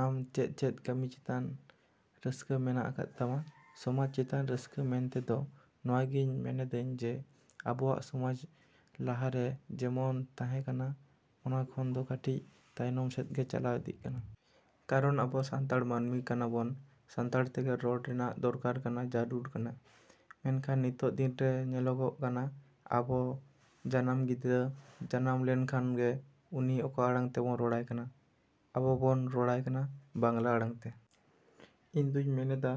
‎ᱟᱢ ᱪᱮᱫ ᱪᱮᱫ ᱠᱟᱹᱢᱤ ᱪᱮᱛᱟᱱ ᱨᱟᱹᱥᱠᱟᱹ ᱢᱮᱱᱟᱜ ᱟᱠᱟᱫ ᱛᱟᱢᱟ? ᱥᱚᱢᱟᱡᱽ ᱪᱮᱛᱟᱱ ᱨᱟᱹᱥᱠᱟᱹ ᱢᱮᱱᱛᱮᱫᱚ ᱱᱚᱣᱟ ᱜᱮᱧ ᱢᱮᱱᱮᱫᱟᱹᱧ ᱡᱮ ᱟᱵᱚᱣᱟᱜ ᱥᱚᱢᱟᱡᱽ ᱞᱟᱦᱟ ᱨᱮ ᱡᱮᱢᱚᱱ ᱛᱟᱦᱮᱸ ᱠᱟᱱᱟ ᱚᱱᱟ ᱠᱷᱚᱱ ᱫᱚ ᱠᱟᱹᱴᱤᱡ ᱛᱟᱭᱚᱢ ᱥᱮᱫ ᱜᱮ ᱪᱟᱞᱟᱣ ᱤᱫᱤᱜ ᱠᱟᱱᱟ᱾ ᱠᱟᱨᱚᱱ ᱟᱵᱚ ᱥᱟᱱᱛᱟᱲ ᱢᱟᱹᱱᱢᱤ ᱠᱟᱱᱟ ᱵᱚᱱ, ᱥᱟᱱᱛᱟᱲ ᱛᱮᱜᱮ ᱨᱚᱲ ᱨᱮᱱᱟᱜ ᱫᱚᱨᱠᱟᱨ ᱠᱟᱱᱟ, ᱡᱟᱹᱨᱩᱲ ᱠᱟᱱᱟ᱾ ᱢᱮᱱᱠᱷᱟᱱ ᱱᱤᱛᱚᱜ ᱫᱤᱱ ᱨᱮ ᱧᱮᱞᱚᱜᱚᱜ ᱠᱟᱱᱟ ᱟᱵᱚ ᱡᱟᱱᱟᱢ ᱜᱤᱫᱽᱨᱟᱹ ᱡᱟᱱᱟᱢ ᱞᱮᱱᱠᱷᱟᱱ ᱜᱮ ᱩᱱᱤ ᱚᱠᱟ ᱟᱲᱟᱝ ᱛᱮᱵᱚᱱ ᱨᱚᱲᱟᱭ ᱠᱟᱱᱟ? ᱟᱵᱚ ᱵᱚᱱ ᱨᱚᱲᱟᱭ ᱠᱟᱱᱟ ᱵᱟᱝᱞᱟ ᱟᱲᱟᱝ ᱛᱮ᱾ ᱤᱧᱫᱩᱧ ᱢᱮᱱᱮᱫᱟ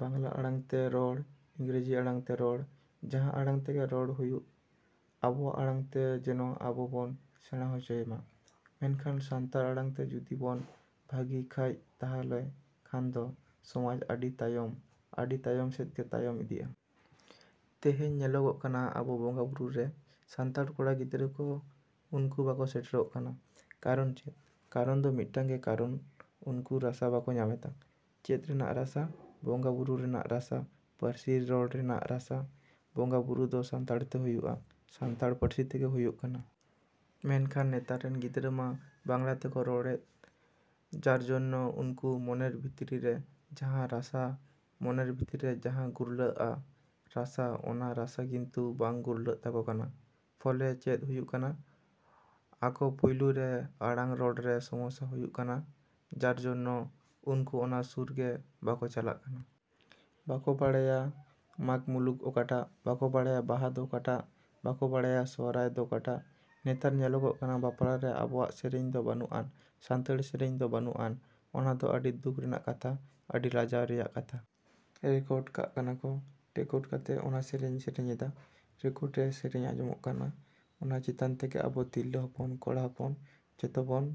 ᱵᱟᱝᱞᱟ ᱟᱲᱟᱝ ᱛᱮ ᱨᱚᱲ, ᱤᱝᱨᱮᱡᱤ ᱟᱲᱟᱝ ᱛᱮ ᱨᱚᱲ, ᱡᱟᱦᱟᱸ ᱟᱲᱟᱝ ᱛᱮᱜᱮ ᱨᱚᱲ ᱦᱩᱭᱩᱜ, ᱟᱵᱚᱣᱟᱜ ᱟᱲᱟᱝ ᱛᱮ ᱡᱮᱱᱚ ᱟᱵᱚ ᱵᱚᱱ ᱥᱮᱬᱟ ᱦᱚᱪᱚᱭᱮᱢᱟ᱾ ᱢᱮᱱᱠᱷᱟᱱ ᱥᱟᱱᱛᱟᱲ ᱟᱲᱟᱝ ᱛᱮ ᱡᱩᱫᱤ ᱵᱚᱱ ᱵᱷᱟᱹᱜᱤ ᱠᱷᱟᱡ ᱛᱟᱦᱚᱞᱮ ᱠᱷᱟᱱᱫᱚ ᱥᱚᱢᱟᱡᱽ ᱟᱹᱰᱤ ᱛᱟᱭᱚᱢ, ᱟᱹᱰᱤ ᱛᱟᱭᱚᱢ ᱥᱮᱫ ᱜᱮ ᱛᱟᱭᱚᱢ ᱤᱫᱤᱜᱼᱟ᱾ ᱛᱮᱦᱮᱧ ᱧᱮᱞᱚᱜᱚᱜ ᱠᱟᱱᱟ ᱟᱵᱚ ᱵᱚᱸᱜᱟ ᱵᱩᱨᱩ ᱨᱮ ᱥᱟᱱᱛᱟᱲ ᱠᱚᱲᱟ ᱜᱤᱫᱽᱨᱟᱹ ᱠᱚ ᱩᱱᱠᱩ ᱵᱟᱠᱚ ᱥᱮᱴᱮᱨᱚᱜ ᱠᱟᱱᱟ᱾ ᱠᱟᱨᱚᱱ ᱪᱮᱫ? ᱠᱟᱨᱚᱱ ᱫᱚ ᱢᱤᱫᱴᱟᱹᱝ ᱜᱮ ᱠᱟᱨᱚᱱ ᱩᱱᱠᱩ ᱨᱟᱥᱟ ᱵᱟᱠᱚ ᱧᱟᱢᱮᱫᱟ᱾ ᱪᱮᱫ ᱨᱮᱱᱟᱜ ᱨᱟᱥᱟ? ᱵᱚᱸᱜᱟ ᱵᱩᱨᱩ ᱨᱮᱱᱟᱜ ᱨᱟᱥᱟ, ᱯᱟᱹᱨᱥᱤ ᱨᱚᱲ ᱨᱮᱱᱟᱜ ᱨᱟᱥᱟ ᱵᱚᱸᱜᱟ ᱵᱩᱨᱩ ᱫᱚ ᱥᱟᱱᱛᱟᱲ ᱛᱮ ᱦᱩᱭᱩᱜᱼᱟ, ᱥᱟᱱᱛᱟᱲ ᱯᱟᱹᱨᱥᱤ ᱛᱮᱜᱮ ᱦᱩᱭᱩᱜ ᱠᱟᱱᱟ᱾ ᱢᱮᱱᱠᱷᱟᱱ ᱱᱮᱛᱟᱨ ᱨᱮᱱ ᱜᱤᱫᱽᱨᱟᱹ ᱢᱟ ᱵᱟᱝᱞᱟ ᱛᱮᱠᱚ ᱨᱚᱲᱮᱫ ᱡᱟᱨᱡᱚᱱᱱᱮ ᱩᱱᱠᱩ ᱢᱚᱱᱮᱨ ᱵᱷᱤᱛᱨᱤ ᱨᱮ ᱡᱟᱦᱟᱸ ᱨᱟᱥᱟ, ᱢᱚᱱᱮᱨ ᱵᱷᱤᱛᱨᱤ ᱨᱮ ᱡᱟᱦᱟᱸ ᱜᱩᱨᱞᱟᱹᱜᱼᱟ ᱨᱟᱥᱟ ᱚᱱᱟ ᱨᱟᱥᱟ ᱠᱤᱱᱛᱩ ᱵᱟᱝ ᱜᱩᱨᱞᱟᱹᱜ ᱛᱟᱠᱚ ᱠᱟᱱᱟ᱾ ᱯᱷᱚᱞᱮ ᱪᱮᱫ ᱦᱩᱭᱩᱜ ᱠᱟᱱᱟ? ᱟᱠᱚ ᱯᱩᱭᱞᱩ ᱨᱮ ᱟᱲᱟᱝ ᱨᱚᱲ ᱨᱮ ᱥᱚᱢᱚᱥᱥᱟ ᱦᱩᱭᱩᱜ ᱠᱟᱱᱟ ᱡᱟᱨᱡᱚᱱᱱᱚ ᱩᱱᱠᱩ ᱚᱱᱟ ᱥᱩᱨ ᱜᱮ ᱵᱟᱠᱚ ᱪᱟᱞᱟᱜ ᱠᱟᱱᱟ᱾ ᱵᱟᱠᱚ ᱵᱟᱲᱟᱭᱟ ᱢᱟᱜᱽᱢᱩᱞᱩᱜ ᱚᱠᱟᱴᱟᱜ, ᱵᱟᱠᱚ ᱵᱟᱲᱟᱭᱟ ᱵᱟᱦᱟ ᱫᱚ ᱚᱠᱟᱴᱟᱜ, ᱵᱟᱠᱚ ᱵᱟᱲᱟᱭᱟ ᱥᱚᱦᱨᱟᱭ ᱫᱚ ᱚᱠᱟᱴᱟᱜ᱾ ᱱᱮᱛᱟᱨ ᱧᱮᱞᱚᱜᱚᱜ ᱠᱟᱱᱟ ᱵᱟᱯᱞᱟ ᱨᱮ ᱟᱵᱚᱣᱟᱜ ᱥᱮᱨᱮᱧ ᱫᱚ ᱵᱟᱹᱱᱩᱜᱼᱟᱱ, ᱥᱟᱱᱛᱟᱲᱤ ᱥᱮᱨᱮᱧ ᱫᱚ ᱵᱟᱹᱱᱩᱜᱼᱟᱱ᱾ ᱚᱱᱟ ᱫᱚ ᱟᱹᱰᱤ ᱫᱩᱠ ᱨᱮᱱᱟᱜ ᱠᱟᱛᱷᱟ, ᱟᱹᱰᱤ ᱞᱟᱡᱟᱣ ᱨᱮᱭᱟᱜ ᱠᱟᱛᱷᱟ᱾ ᱨᱮᱠᱚᱰ ᱠᱟᱜ ᱠᱟᱱᱟ ᱠᱚ, ᱨᱮᱠᱚᱰ ᱠᱟᱛᱮ ᱚᱱᱟ ᱥᱮᱨᱮᱧ ᱥᱮᱨᱮᱧᱮᱫᱟ᱾ ᱨᱮᱠᱚᱰ ᱨᱮ ᱥᱮᱨᱮᱧ ᱟᱸᱡᱚᱢᱚᱜ ᱠᱟᱱᱟ ᱚᱱᱟ ᱪᱮᱛᱟᱱ ᱛᱮᱜᱮ ᱟᱵᱚ ᱛᱤᱨᱞᱟᱹ ᱦᱚᱯᱚᱱ, ᱠᱚᱲᱟ ᱦᱚᱯᱚᱱ ᱡᱚᱛᱚ ᱵᱚᱱ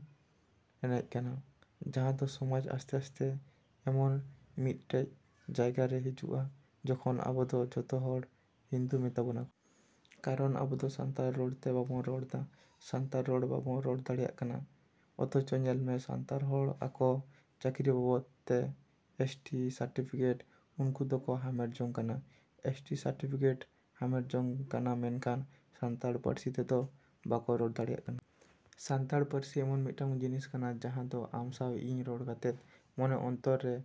ᱮᱱᱮᱡ ᱠᱟᱱᱟ᱾ ᱡᱟᱦᱟᱸ ᱫᱚ ᱥᱚᱢᱟᱡᱽ ᱟᱥᱛᱮᱼᱟᱥᱛᱮ ᱮᱢᱚᱱ ᱢᱤᱫᱴᱤᱡ ᱡᱟᱭᱜᱟ ᱨᱮ ᱦᱤᱡᱩᱜᱼᱟ ᱡᱚᱠᱷᱚᱱ ᱟᱵᱚ ᱫᱚ ᱡᱚᱛᱚ ᱦᱚᱲ ᱦᱤᱱᱫᱩ ᱢᱮᱛᱟ ᱵᱚᱱᱟ ᱠᱚ᱾ ᱠᱟᱨᱚᱱ ᱟᱵᱚᱫᱚ ᱥᱟᱱᱛᱟᱲ ᱨᱚᱲ ᱛᱮ ᱵᱟᱵᱚᱱ ᱨᱚᱲ ᱫᱟ, ᱥᱟᱱᱛᱟᱲ ᱨᱚᱲ ᱵᱟᱵᱚᱱ ᱨᱚᱲ ᱫᱟᱲᱮᱭᱟᱜ ᱠᱟᱱᱟ᱾ ᱚᱛᱷᱚᱪᱚ ᱧᱮᱞᱢᱮ ᱥᱟᱱᱛᱟᱲ ᱦᱚᱲ ᱟᱠᱚ ᱪᱟᱹᱠᱨᱤ ᱵᱟᱵᱚᱛ ᱛᱮ ᱮᱥ. ᱴᱤ. ᱥᱟᱨᱴᱤᱯᱷᱤᱠᱮᱴ ᱩᱱᱠᱩ ᱫᱚᱠᱚ ᱦᱟᱢᱮᱴ ᱡᱚᱝ ᱠᱟᱱᱟ᱾ ᱮᱥ. ᱴᱤ. ᱥᱟᱨᱴᱤᱯᱷᱤᱠᱮᱴ ᱦᱟᱢᱮᱴ ᱡᱚᱝ ᱠᱟᱱᱟ ᱢᱮᱱᱠᱷᱟᱱ ᱥᱟᱱᱛᱟᱲ ᱯᱟᱹᱨᱥᱤ ᱛᱮᱫᱚ ᱵᱟᱠᱚ ᱨᱚᱲ ᱫᱟᱲᱮᱭᱟᱜ ᱠᱟᱱᱟ᱾ ᱥᱟᱱᱛᱟᱲ ᱯᱟᱹᱨᱥᱤ ᱮᱢᱚᱱ ᱢᱤᱫᱴᱟᱝ ᱡᱤᱱᱤᱥ ᱠᱟᱱᱟ ᱡᱟᱦᱟᱸ ᱫᱚ ᱟᱢ ᱥᱟᱶ ᱤᱧ ᱨᱚᱲ ᱠᱟᱛᱮᱫ ᱢᱚᱱᱮ ᱚᱱᱛᱚᱨ ᱨᱮ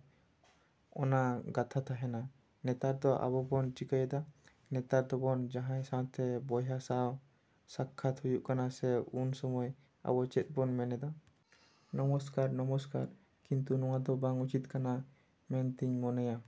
ᱚᱱᱟ ᱜᱟᱛᱷᱟ ᱛᱟᱦᱮᱱᱟ᱾ ᱱᱮᱛᱟᱨ ᱫᱚ ᱟᱵᱚᱼᱵᱚᱱ ᱪᱤᱠᱟᱹᱭᱮᱫᱟ? ᱱᱮᱛᱟᱨ ᱫᱚᱵᱚᱱ ᱡᱟᱦᱟᱸᱭ ᱥᱟᱶᱛᱮ ᱵᱚᱭᱦᱟ ᱥᱟᱶ ᱥᱟᱠᱠᱷᱟᱛ ᱦᱩᱭᱩᱜ ᱠᱟᱱᱟ ᱥᱮ ᱩᱱ ᱥᱚᱢᱚᱭ ᱟᱵᱚ ᱪᱮᱫ ᱵᱚᱱ ᱢᱮᱱᱮᱫᱟ? ᱱᱚᱢᱚᱥᱠᱟᱨ, ᱱᱚᱢᱚᱥᱠᱟᱨ᱾ ᱠᱤᱱᱛᱩ ᱱᱚᱣᱟ ᱫᱚ ᱵᱟᱝ ᱩᱪᱤᱛ ᱠᱟᱱᱟ ᱢᱮᱱᱛᱮᱧ ᱢᱚᱱᱮᱭᱟ᱾